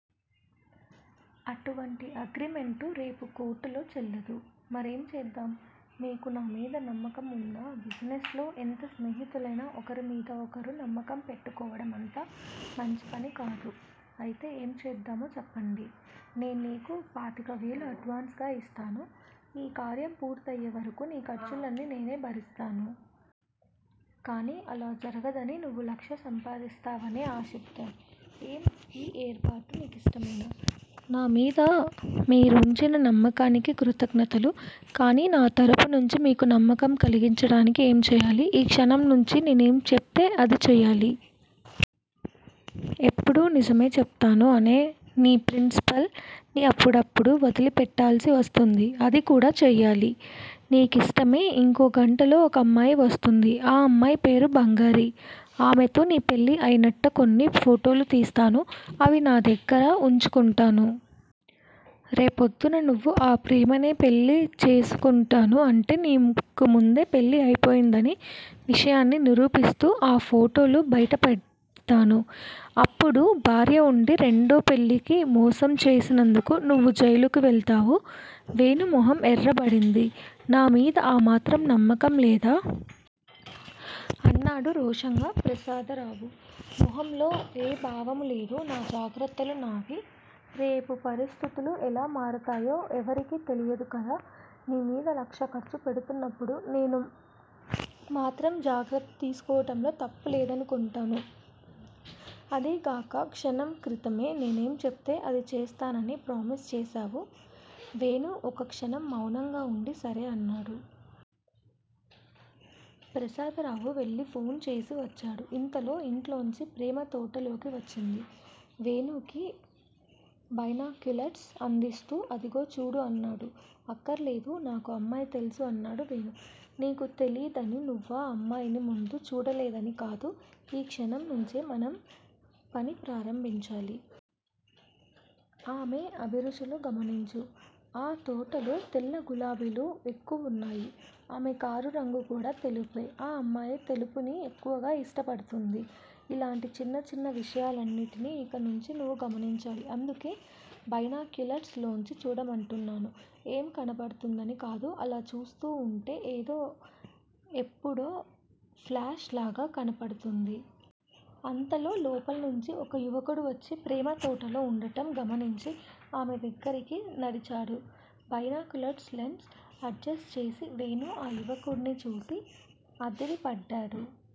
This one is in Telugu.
అటువంటి అగ్రిమెంటు రేపు కోర్టులో చెల్లదు. మరేం చేద్దాం? మీకు నా మీద నమ్మకం వుందా? బిజినెస్ లో ఎంత స్నేహితులైనా ఒకరిమీద ఒకరు నమ్మకం పెట్టుకోవడం అంత మంచిపని కాదు. అయితే ఏం చేద్దామో చెప్పండి! నేన్నీకు పాతికవేలు అడ్వాన్సుగా ఇస్తాను. ఈ కార్యం పూర్తయ్యేవరకూ నీ ఖర్చులన్నీ నేనే భరిస్తాను. కానీ అలా జరగదనీ, నువ్వు లక్షా సంపాదిస్తావనే ఆశిద్దాం. ఏం, ఈ ఏర్పాటు నీ కిష్టమేనా? నా మీద మీరుంచిన నమ్మకానికి కృతజ్ఞతలు. కానీ నా తరపు నుంచి మీకు నమ్మకం కలిగించటానికి ఏం చెయ్యాలి? ఈ క్షణం నుంచీ నేనేం చెప్తే అది చెయ్యాలి. ఎప్పుడూ నిజమే చెప్తాను అనే నీ ప్రిన్సిపుల్ ని అప్పుడప్పుడు వదిలిపెట్టాల్సి వస్తుంది అది కూడా చెయ్యాలి. ని కిష్టమే ఇంకో గంటలో ఒకమ్మాయి వస్తుంది. ఆ అమ్మాయి పేరు బంగారి. ఆమెతో నీ పెళ్ళి అయినట్టు కొన్ని ఫోటోలు తీస్తాను. అవి నా దగ్గిర వుంచుకుంటాను. రేప్రొద్దున్న నువ్వు ఆ ప్రేమనే పెళ్ళి చేసుకొంటానూ- అంటే నీకు ముందే పెళ్ళి అయిపోయిందన్న విషయాన్ని నిరూపిస్తూ, ఆ ఫోటోలు బైట పెడ్తాను. అప్పుడు భార్య వుండీ రెండో పెళ్ళికి మోసం చేసినందుకు నువ్వు జైలుకి వెళ్తావు వేణు మొహం ఎర్రబడింది. నా మీద ఆ మాత్రం నమ్మకం లేదా? అన్నాడు రోషంగా. ప్రసాదరావు మొహంలో ఏ భావమూ లేదు. నా జాగ్రత్తలు నావి. రేపు పరిస్థితులు ఎలా మారతాయో ఎవరికీ తెలియదు కదా! నీ మీద లక్ష ఖర్చు పెడుతున్నప్పుడు నేనా మాత్రం జాగ్రత్త తీసుకోవటంలో తప్పులేదనుకొంటాను. అదీగాక క్షణం క్రితమే నేనేం చెప్తే అది చేస్తానని ప్రామిస్ చేశావు వేణు ఒక క్షణం మౌనంగా వుండి, సరే అన్నాడు. ప్రసాదరావు వెళ్ళి ఫోన్ చేసి వచ్చాడు. ఇంతలో ఇంట్లోంచి ప్రేమ తోటలోకి వచ్చింది. వేణుకి బైనాక్యులర్స్ అందిస్తూ, అదిగో చూడు అన్నాడు. అక్కరలేదు, నాకా అమ్మాయి తెలుసు అన్నాడు వేణు. నీకు తెలీదనీ, నువ్వా అమ్మాయిని ముందు చూడలేదనీ కాదు. ఈ క్షణంనుంచే మనం పని ప్రారంభించాలి. ఆమె అభిరుచులు గమనించు. ఆ తోటలో తెల్ల గులాబీలు ఎక్కువున్నాయి. ఆమె కారు రంగు కూడా తెలుపే. ఆ అమ్మాయి తెలుపుని ఎక్కువ ఇష్టపడుతుంది. ఇలాంటి చిన్న చిన్న విషయాలన్నిటినీ ఇక నుంచి నువ్వే గమనించాలి. అందుకే బైనాక్యులర్స్ లోంచి చూడమంటున్నాను. ఏం కనబడుతుందని కాదు_ అలా చూస్తూ వుంటే ఏదో ఎప్పుడో ప్లాష్ లాగా కనబడుతుంది. అంతలో లోపల్నుంచి ఒక యువకుడు వచ్చి ప్రేమ తోటలో వుండటం గమనించి ఆమె దగ్గరికి నడిచాడు. బైనాక్యులర్ లెన్స్ అడ్జెస్టు చేసి వేణు ఆ యువకుడ్ని చూసి అదిరిపడ్డాడు.